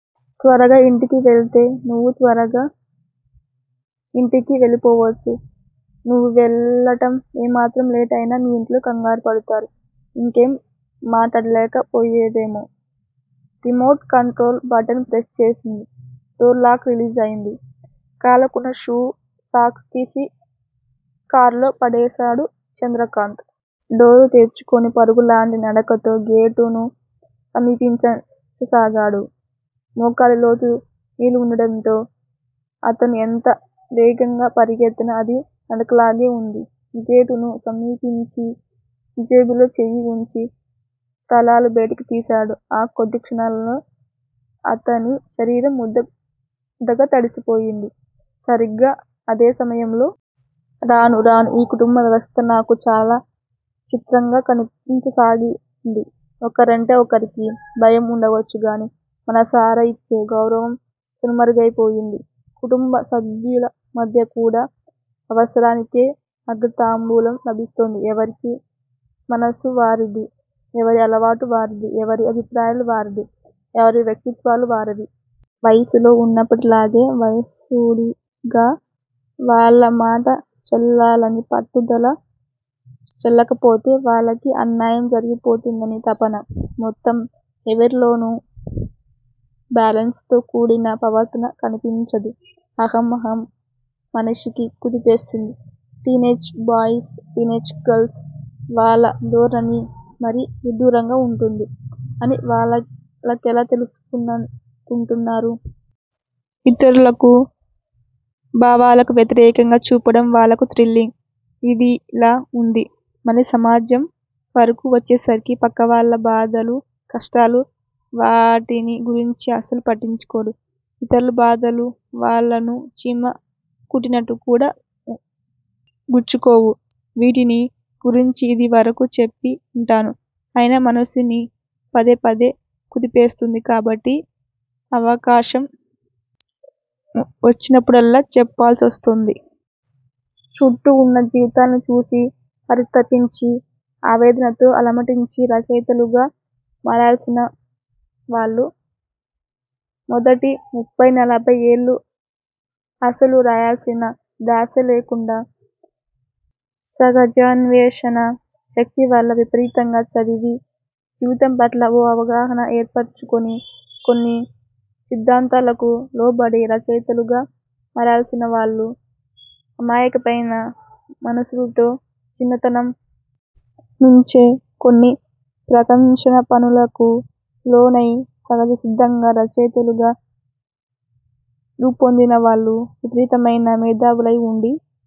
త్వరగా ఇంట్లోకి వెళితే నువ్వూ త్వరగా ఇంటికి వెళ్ళిపోవచ్చు. నువ్వు వెళ్ళటం ఏమాత్రం లేటు అయినా మీ ఇంట్లో కంగారుపడతారు. ఇంకేం మాట్లాడలేకపోయిందామె. రిమోట్ కంట్రోల్ బటన్ ప్రెస్ చేసింది. డోర్ లాక్ రిలీజ్ అయింది. కాళ్ళకున్న షూస్, సాక్స్ తీసి కారులో పడేశాడు చంద్రకాంత్. డోరు తెరుచుకుని పరుగులాంటి నడకతో గేటును సమీపించసాగాడు. మోకాలి లోతు నీళ్ళుండటంతో, అతను ఎంత వేగంగా పరిగెత్తినా అది నడకలాగే వుంది. గేటును సమీపించి జేబులో చేయి వుంచి తాళాలు బయటికి తీశాడు. ఆ కొద్ది క్షణాల్లోనే అతని శరీరం ముద్దగా తడిసిపోయింది. సరిగ్గా అదే సమయంలో। రాను రానూ ఈ కుటుంబ వ్యవస్థ నాకు చిత్రంగా కనిపించసాగింది. ఒకరంటే ఒకరికి భయం ఉండవచ్చుగానీ మనసారా ఇచ్చే గౌరవం కనుమరుగయిపోయింది. కుటుంబ సభ్యుల మధ్య కూడా అవసరానికే అగ్రతాంబూలం లభిస్తోంది. ఎవరి మనసు వారిది. ఎవరి అలవాట్లు వారివి. ఎవరి అభిప్రాయాలు వారివి. ఎవరి వ్యక్తిత్వాలు వారివి. వయసులో ఉన్నప్పటిలాగే వయసుడిగాక వాళ్ళమాట చెల్లాలని పట్టుదల, చెల్లకపోతే వాళ్ళకి అన్యాయం జరిగిపోతూందన్న తపన. మొత్తం ఎవరిలోనూ బ్యాలెన్స్ తో కూడిన ప్రవర్తన కనిపించదు. అహం. అహం మనిషిని కుదిపేస్తోంది. టీనేజ్ బాయస్, టీనేజ్ గరల్స్ వాళ్ళ ధోరణి మరీ విడ్డూరంగా ఉంటుంది. అన్నీ వాళ్ళకే తెలుసుననుకుంటారు. ఇతరుల భావాలకు వ్యతిరేకత చూపటం వాళ్ళకు థ్రిల్. ఇదిలా ఉందా? మళ్ళీ సమాజం వరకూ వచ్చేసరికి పక్కవాళ్ళ బాధలు, కష్టాలు వాటిని గురించి అసలు పట్టించుకోరు. ఇతరుల బాధలు వాళ్లకు చీమ కుట్టినట్లు కూడా గుచ్చుకోవు. వీటిని గురించి ఇది వరకు చెప్పి ఉంటాను. అయినా మనసుని పదే పదే కుదిపేస్తోంది కాబట్టి అవకాశం మొచ్చినప్పుడల్లా చెప్పాల్సివస్తోంది. చుట్టూ ఉన్న జీవితాన్ని చూసి పరితపించి ఆవేదనతో అలమటించి రచయితలుగా మారినవాళ్ళు, మొదటి ముప్ఫయి నలభయి ఏళ్లూ అసలు రాయాలన్న థ్యాసే లేకుండా, సహజాన్వేషణ శక్తివల్ల విపరీతంగా చదివి, జీవితంపట్ల ఓ అవగాహన ఏర్పరచుకుని, కొన్ని సిద్ధాంతాలకు లోబడి రచయితలుగా మారలాసిన వాళ్ళు, అమాయకమైన మనస్సుతో చిన్నతనం నుంచే కొన్ని ప్రకంపనలకు లోనై సహజసిద్ధంగా రచయితలుగా రూపొందినవాళ్ళు, విపరీతమైన మేదావులై ఉండి,